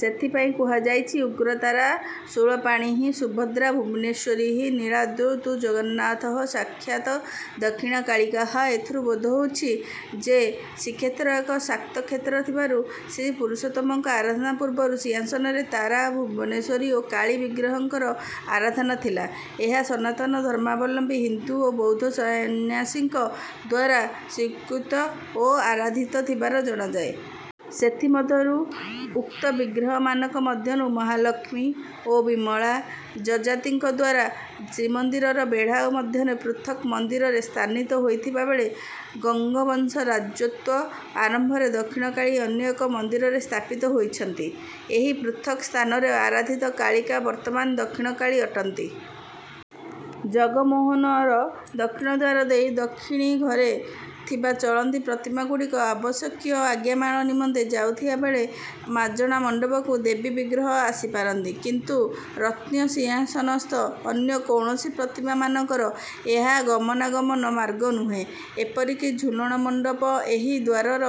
ସେଥିପାଇଁ କୁହାଯାଇଛି ଉଗ୍ରତାରା ଶୂଳପାଣିଃ ସୁଭଦ୍ରା ଭୁବନେଶ୍ୱରୀ ନୀଳାଦ୍ରୌ ତୁ ଜଗନ୍ନାଥଃ ସାକ୍ଷାତ୍ ଦକ୍ଷିଣ କାଳିକାଃ ଏଥିରୁ ବୋଧ ହେଉଛି ଯେ, ଶ୍ରୀକ୍ଷେତ୍ର ଏକ ଶାକ୍ତକ୍ଷେତ୍ର ଥିବାରୁ ଶ୍ରୀପୁରୁଷୋତ୍ତମଙ୍କ ଆରାଧନା ପୂର୍ବରୁ ସିଂହାସନରେ ତାରା, ଭୁବନେଶ୍ୱରୀ ଓ କାଳୀ ବିଗ୍ରହଙ୍କର ଆରାଧନା ଥିଲା। ଏହା ସନାତନ ଧର୍ମାବଲମ୍ବୀ ହିନ୍ଦୁ ଓ ବୌଦ୍ଧ ସନ୍ନ୍ୟାସୀଙ୍କ ଦ୍ୱାରା ସ୍ୱୀକୃତ ଓ ଆରାଧିତ ଥିବାର ଜଣାଯାଏ। ସେଥିମଧ୍ୟରୁ ଉକ୍ତ ବିଗ୍ରହମାନଙ୍କ ମଧ୍ୟରୁ ମହାଲକ୍ଷ୍ମୀ ଓ ବିମଳା, ଯଯାତିଙ୍କ ଦ୍ୱାରା ଶ୍ରୀମନ୍ଦିରର ବେଢ଼ା ମଧ୍ୟରେ ପୃଥକ୍ ମନ୍ଦିରରେ ସ୍ଥାନିତ ହୋଇଥିବା ବେଳେ ଗଙ୍ଗବଂଶ ରାଜତ୍ୱ ଆରମ୍ଭରେ ଦକ୍ଷିଣକାଳୀ ଅନ୍ୟ ଏକ ମନ୍ଦିରରେ ସ୍ଥାପିତ ହୋଇଛନ୍ତି। ଏହି ପୃଥକ୍ ସ୍ଥାନରେ ଆରାଧିତା କାଳିକା ବର୍ତ୍ତମାନ ଦକ୍ଷିଣକାଳୀ ଅଟନ୍ତି। ଜଗମୋହନର ଦକ୍ଷିଣ ଦ୍ୱାର ଦେଇ ଦକ୍ଷିଣୀ ଘରେ ଥିବା ଚଳନ୍ତି ପ୍ରତିମାଗୁଡ଼ିକ ଆବଶ୍ୟକୀୟ ଆଜ୍ଞାମାଳ ନିମନ୍ତେ ଯାଉଥିବା ବେଳେ ମାଜଣା ମଣ୍ଡପକୁ ଦେବୀ ବିଗ୍ରହ ଆସିପାରନ୍ତି କିନ୍ତୁ ରତ୍ନସିଂହାସନସ୍ଥ ଅନ୍ୟ କୌଣସି ପ୍ରତିମାମାନଙ୍କର ଏହା ଗମନାଗମନ ମାର୍ଗ ନୁହେଁ। ଏପରିକି ଝୁଲଣ ମଣ୍ଡପ ଏହି ଦ୍ୱାରର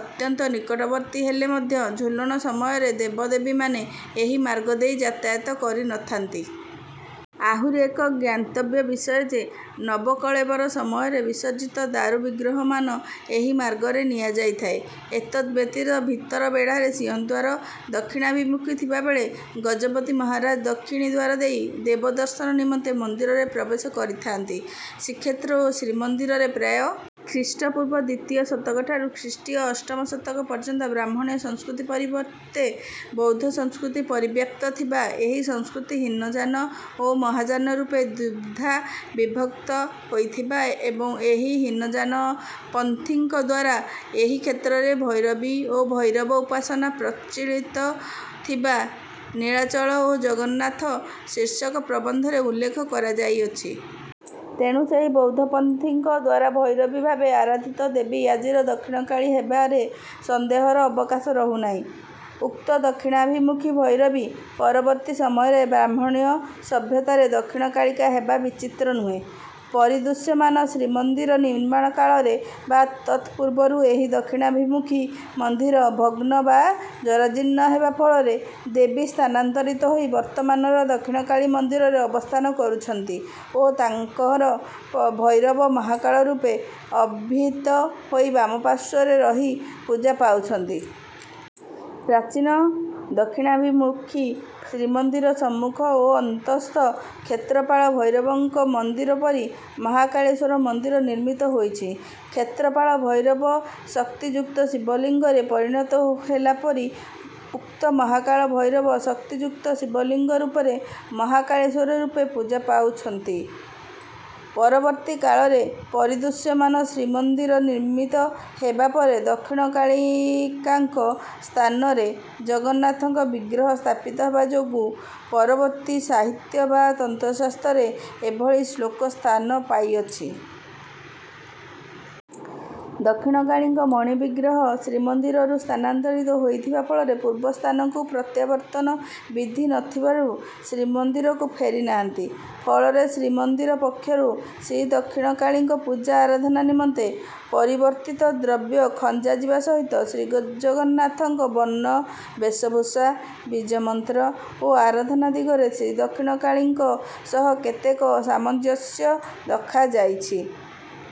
ଅତ୍ୟନ୍ତ ନିକଟବର୍ତ୍ତୀ ହେଲେ ମଧ୍ୟ ଝୁଲଣ ସମୟରେ ଦେବାଦେବୀମାନେ ଏହି ମାର୍ଗ ଦେଇ ଯାତାୟାତ କରିନଥାନ୍ତି। ଆହୁରି ଏକ ଜ୍ଞାତବ୍ୟ ବିଷୟ ଯେ, ନବକଳେବର ସମୟରେ ବିସର୍ଜିତ ଦାରୁବିଗ୍ରହମାନ ଏହି ମାର୍ଗରେ ନିଆଯାଇଥାଏ। ଏତଦ୍‌ବ୍ୟତୀତ ଭିତର ବେଢ଼ାର ସିଂହଦ୍ୱାର ଦକ୍ଷିଣାଭିମୁଖୀ ଥିବା ବେଳେ ଗଜପତି ମହାରାଜା ଦକ୍ଷିଣୀ ଦ୍ୱାର ଦେଇ ଦେବଦର୍ଶନ ନିମନ୍ତେ ମନ୍ଦିରରେ ପ୍ରବେଶ କରିଥାଆନ୍ତି। ଶ୍ରୀକ୍ଷେତ୍ର ଓ ଶ୍ରୀମନ୍ଦିରରେ ପ୍ରାୟ ଖ୍ରୀଷ୍ଟପୂର୍ବ ଦ୍ୱିତୀୟ ଶତକଠାରୁ ଖ୍ରୀଷ୍ଟୀୟ ଅଷ୍ଟମ ଶତକ ପର୍ଯ୍ୟନ୍ତ ବ୍ରାହ୍ମଣ୍ୟ ସଂସ୍କୃତି ପରିବର୍ତ୍ତେ ବୌଦ୍ଧ ସଂସ୍କୃତି ପରିବ୍ୟାପ୍ତ ଥିବା, ଏହି ସଂସ୍କୃତି ହୀନଯାନ ଓ ମହାଯାନ ରୂପେ ଦ୍ୱିଧା ବିଭକ୍ତ ହୋଇଥିବା ଏବଂ ଏହି ହୀନଯାନପନ୍ଥୀଙ୍କ ଦ୍ୱାରା ଏହି କ୍ଷେତ୍ରରେ ଭୈରବୀ ଓ ଭୈରବ ଉପାସନା ପ୍ରଚଳିତ ଥିବା ନୀଳାଚଳ ଓ ଜଗନ୍ନାଥ ଶୀର୍ଷକ ପ୍ରବନ୍ଧରେ ଉଲ୍ଲେଖ କରାଯାଇଅଛି। ତେଣୁ ସେହି ବୌଦ୍ଧପନ୍ଥୀଙ୍କ ଦ୍ୱାରା ଭୈରବୀ ଭାବେ ଆରାଧିତ ଦେବୀ ଆଜିର ଦକ୍ଷିଣକାଳୀ ହେବାରେ ସନ୍ଦେହର ଅବକାଶ ରହୁନାହିଁ। ଉକ୍ତ ଦକ୍ଷିଣାଭିମୁଖୀ ଭୈରବୀ ପରବର୍ତ୍ତୀ ସମୟରେ ବ୍ରାହ୍ମଣ୍ୟ ସଭ୍ୟତାରେ ଦକ୍ଷିଣକାଳିକା ହେବା ବିଚିତ୍ର ନୁହେଁ। ପରିଦୃଶ୍ୟମାନ ଶ୍ରୀମନ୍ଦିର ନିର୍ମାଣ କାଳରେ ବା ତତ୍‌ପୂର୍ବରୁ ଏହି ଦକ୍ଷିଣାଭିମୁଖୀ ମନ୍ଦିର ଭଗ୍ନ ବା ଜରାଜୀର୍ଣ୍ଣ ହେବା ଫଳରେ ଦେବୀ ସ୍ଥାନାନ୍ତରିତ ହୋଇ ବର୍ତ୍ତମାନର ଦକ୍ଷିଣକାଳୀ ମନ୍ଦିରରେ ଅବସ୍ଥାନ କରୁଛନ୍ତି ଓ ତାହାଙ୍କର ଭୈରବ ମହାକାଳ ରୂପେ ଅଭିହିତ ହୋଇ ବାମପାର୍ଶ୍ୱରେ ରହି ପୂଜା ପାଉଛନ୍ତି। ପ୍ରାଚୀନ ଦକ୍ଷିଣାଭିମୁଖୀ ଶ୍ରୀମନ୍ଦିର ସମ୍ମୁଖ ଓ ଅନ୍ତଃସ୍ଥ କ୍ଷେତ୍ରପାଳ ଭୈରବଙ୍କ ମନ୍ଦିର ପରି ମହାକାଳେଶ୍ୱର ମନ୍ଦିର ନିର୍ମିତ ହୋଇଛି। କ୍ଷେତ୍ରପାଳ ଭୈରବ ଶକ୍ତିଯୁକ୍ତ ଶିବଲିଙ୍ଗରେ ପରିଣତ ହେଲା ପରି ଉକ୍ତ ମହାକାଳ ଭୈରବ ଶକ୍ତିଯୁକ୍ତ ଶିବଲିଙ୍ଗ ରୂପରେ ମହାକାଳେଶ୍ୱର ରୂପେ ପୂଜା ପାଉଅଛନ୍ତି। ପରବର୍ତ୍ତୀ କାଳରେ ପରିଦୃଶ୍ୟମାନ ଶ୍ରୀମନ୍ଦିର ନିର୍ମିତ ହେବା ପରେ ଦକ୍ଷିଣକାଳିକାଙ୍କ ସ୍ଥାନରେ ଜଗନ୍ନାଥଙ୍କ ବିଗ୍ରହ ସ୍ଥାପିତ ହେବା ଯୋଗୁଁ ପରବର୍ତ୍ତୀ ସାହିତ୍ୟ ବା ତନ୍ତ୍ରଶାସ୍ତ୍ରରେ ଏଭଳି ଶ୍ଳୋକ ସ୍ଥାନ ପାଇଅଛି। ଦକ୍ଷିଣକାଳୀଙ୍କ ମଣିବିଗ୍ରହ ଶ୍ରୀମନ୍ଦିରରୁ ସ୍ଥାନାନ୍ତରିତ ହୋଇଥିବା ଫଳରେ, ପୂର୍ବସ୍ଥାନକୁ ପ୍ରତ୍ୟାବର୍ତ୍ତନ ବିଧି ନଥିବାରୁ ଶ୍ରୀମନ୍ଦିରକୁ ଫେରିନାହାନ୍ତି। ଫଳରେ ଶ୍ରୀମନ୍ଦିର ପକ୍ଷରୁ ଶ୍ରୀଦକ୍ଷିଣକାଳୀଙ୍କ ପୂଜା ଆରାଧନା ନିମନ୍ତେ ପରିବର୍ତ୍ତିତ ଦ୍ରବ୍ୟ ଖଞ୍ଜାଯିବା ସହିତ ଶ୍ରୀଜଗନ୍ନାଥଙ୍କ ବର୍ଣ୍ଣ, ବେଶଭୂଷା, ବୀଜମନ୍ତ୍ର ଓ ଆରାଧନା ଦିଗରେ ଶ୍ରୀଦକ୍ଷିଣକାଳିକାଙ୍କ ସହ କେତେକ ସାମଞ୍ଜସ୍ୟ ରଖାଯାଇଛି।